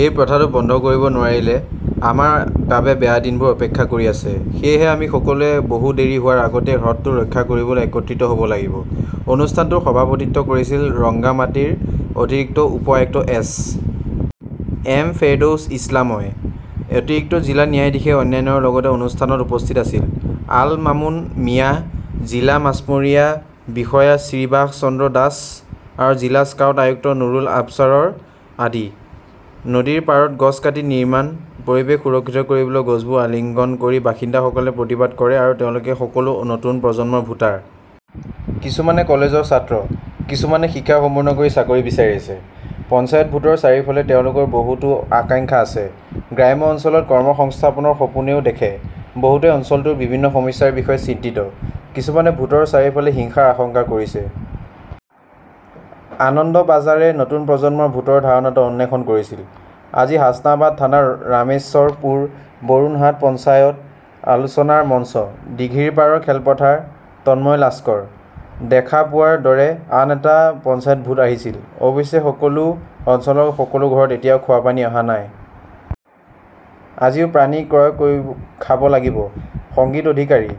এই প্ৰথাটো বন্ধ কৰিব নোৱাৰিলে আমাৰ বাবে বেয়া দিনবোৰ অপেক্ষা কৰি আছে। সেয়েহে আমি সকলোৱে বহু দেৰি হোৱাৰ আগতেই হ্ৰদটো ৰক্ষা কৰিবলৈ একত্ৰিত হ "ব লাগিব। "অনুষ্ঠানটোৰ সভাপতিত্ব কৰিছিল ৰংগামাটীৰ অতিৰিক্ত উপ-আয়ুক্ত এছ. এম. ফেৰদৌছ ইছলামই। অতিৰিক্ত জিলা ন্যায়াধীশে অন্যান্যৰ লগতে অনুষ্ঠানত উপস্থিত আছিল। আল মামুন মিয়া, জিলা মাছমৰীয়া বিষয়া শ্ৰীবাস চন্দ্ৰ দাস আৰু জিলা স্কাউট আয়ুক্ত নুৰুল আবছাৰ আদি। নদীৰ পাৰত গছ কাটি নিৰ্মাণ, পৰিৱেশ সুৰক্ষিত কৰিবলৈ গছবোৰ আলিঙ্গন কৰি বাসিন্দাসকলে প্ৰতিবাদ কৰে তেওঁলোক সকলো নতুন প্ৰজন্মৰ ভোটাৰ। কিছুমানে কলেজৰ ছাত্ৰ, কিছুমানে শিক্ষা সম্পূৰ্ণ কৰি চাকৰি বিচাৰি আছে। পঞ্চায়ত ভোটৰ চাৰিওফালে তেওঁলোকৰ বহুতো আকাংক্ষা আছে। গ্ৰাম্য অঞ্চলত কৰ্মসংস্থাপনৰ সপোনও দেখে। বহুতে অঞ্চলটোৰ বিভিন্ন সমস্যাৰ বিষয়ে চিন্তিত। কিছুমানে ভোটৰ চাৰিওফালে হিংসাৰ আশংকা কৰিছে। আনন্দবাজাৰে নতুন প্ৰজন্মৰ ভোটৰ ধাৰণাটো অন্বেষণ কৰিছিল। আজি হাচনাবাদ থানাৰ ৰামেশ্বৰপুৰ বৰুণহাট পঞ্চায়ত। আলোচনাৰ মঞ্চ, দিঘিৰপাৰৰ খেলপথাৰ। তন্ময় লাস্কৰঃ দেখা পোৱাৰ দৰে আন এটা পঞ্চায়ত ভোট আহিছিল। অৱশ্যে, সকলো অঞ্চলৰ সকলো ঘৰত এতিয়াও খোৱা পানী অহা নাই। আজিও পানী ক্ৰয় কৰি খাব লাগিব। সংগীত অধিকাৰীঃ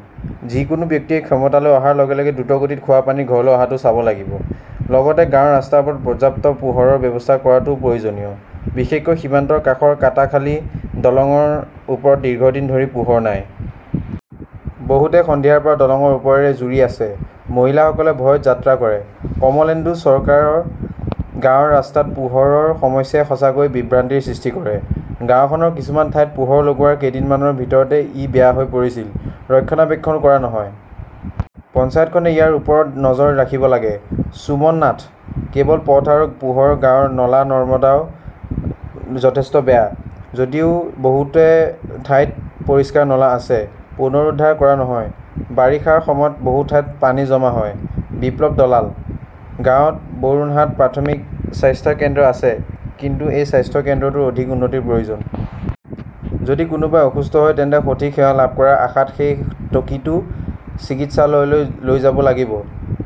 যিকোনো ব্যক্তিয়ে ক্ষমতালৈ অহাৰ লগে লগে দ্ৰুতগতিত খোৱা পানী ঘৰলৈ অহাটো চাব লাগিব। লগতে গাঁৱৰ ৰাস্তাবোৰত পৰ্যাপ্ত পোহৰৰ ব্যৱস্থা কৰাটোও প্ৰয়োজনীয়। বিশেষকৈ সীমান্তৰ কাষৰ কাটাখালি দলংৰ ওপৰত দীৰ্ঘদিন ধৰি পোহৰ নাই। বহুতে সন্ধিয়াৰ পৰা দলংৰ ওপৰেৰে জুৰি আছে। মহিলাসকলে ভয়ত যাত্ৰা কৰে। কমলেন্দু চৰকাৰঃ গাঁৱৰ ৰাস্তাত পোহৰৰ সমস্যাই সঁচাকৈয়ে বিভ্ৰান্তিৰ সৃষ্টি কৰে। গাওঁখনৰ কিছুমান ঠাইত পোহৰ লগোৱাৰ কেইদিনমানৰ ভিতৰতে ই বেয়া হৈ পৰিছিল। ৰক্ষণাবেক্ষণ কৰা নহয়। পঞ্চায়তখনে ইয়াৰ ওপৰত নজৰ ৰাখিব লাগে। সুমন নাথঃ কেৱল পথ আৰু পোহৰ, গাঁৱৰ নলা-নৰ্দমাও যথেষ্ট বেয়া। যদিও বহুতো ঠাইত পৰিষ্কাৰ নলা আছে, পুনৰুদ্ধাৰ কৰা নহয়। বাৰিষাৰ সময়ত বহু ঠাইত পানী জমা হয়। বিপ্লৱ দলালঃ গাঁৱত বৰুণহাট প্ৰাথমিক স্বাস্থ্য কেন্দ্ৰ আছে, কিন্তু এই স্বাস্থ্য কেন্দ্ৰটোৰ অধিক উন্নতিৰ প্ৰয়োজন। যদি কোনোবাই অসুস্থ হয় তেন্তে সঠিক সেৱা লাভ কৰাৰ আশাত সেই টকীটো চিকিৎসালয়লৈ লৈ যাব লাগিব।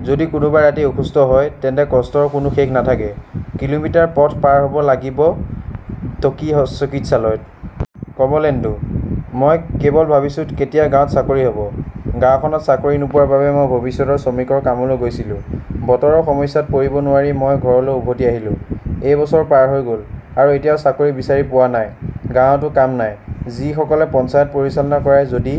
যদি কোনোবাই ৰাতি অসুস্থ হয় তেন্তে কষ্টৰ কোনো শেষ নাথাকে। কিলোমিটাৰ পথ পাৰ হ "ব লাগিব টকি চিকিৎসালয়ত। কমলেন্দুঃ মই কেৱল ভাবিছোঁ কেতিয়া গাঁৱত চাকৰি হ 'ব। গাওঁখনত চাকৰি নোপোৱাৰ বাবে মই উৰিষ্যাত শ্ৰমিকৰ কামলৈ গৈছিলো। বতৰৰ সমস্যাত পৰিব নোৱাৰি মই ঘৰলৈ উভতি আহিলো। এবছৰ পাৰ হৈ গ "ল আৰু এতিয়াও চাকৰি বিচাৰি পোৱা নাই। গাঁৱতো কাম নাই। যিসকলে পঞ্চায়ত পৰিচালনা কৰে, যদি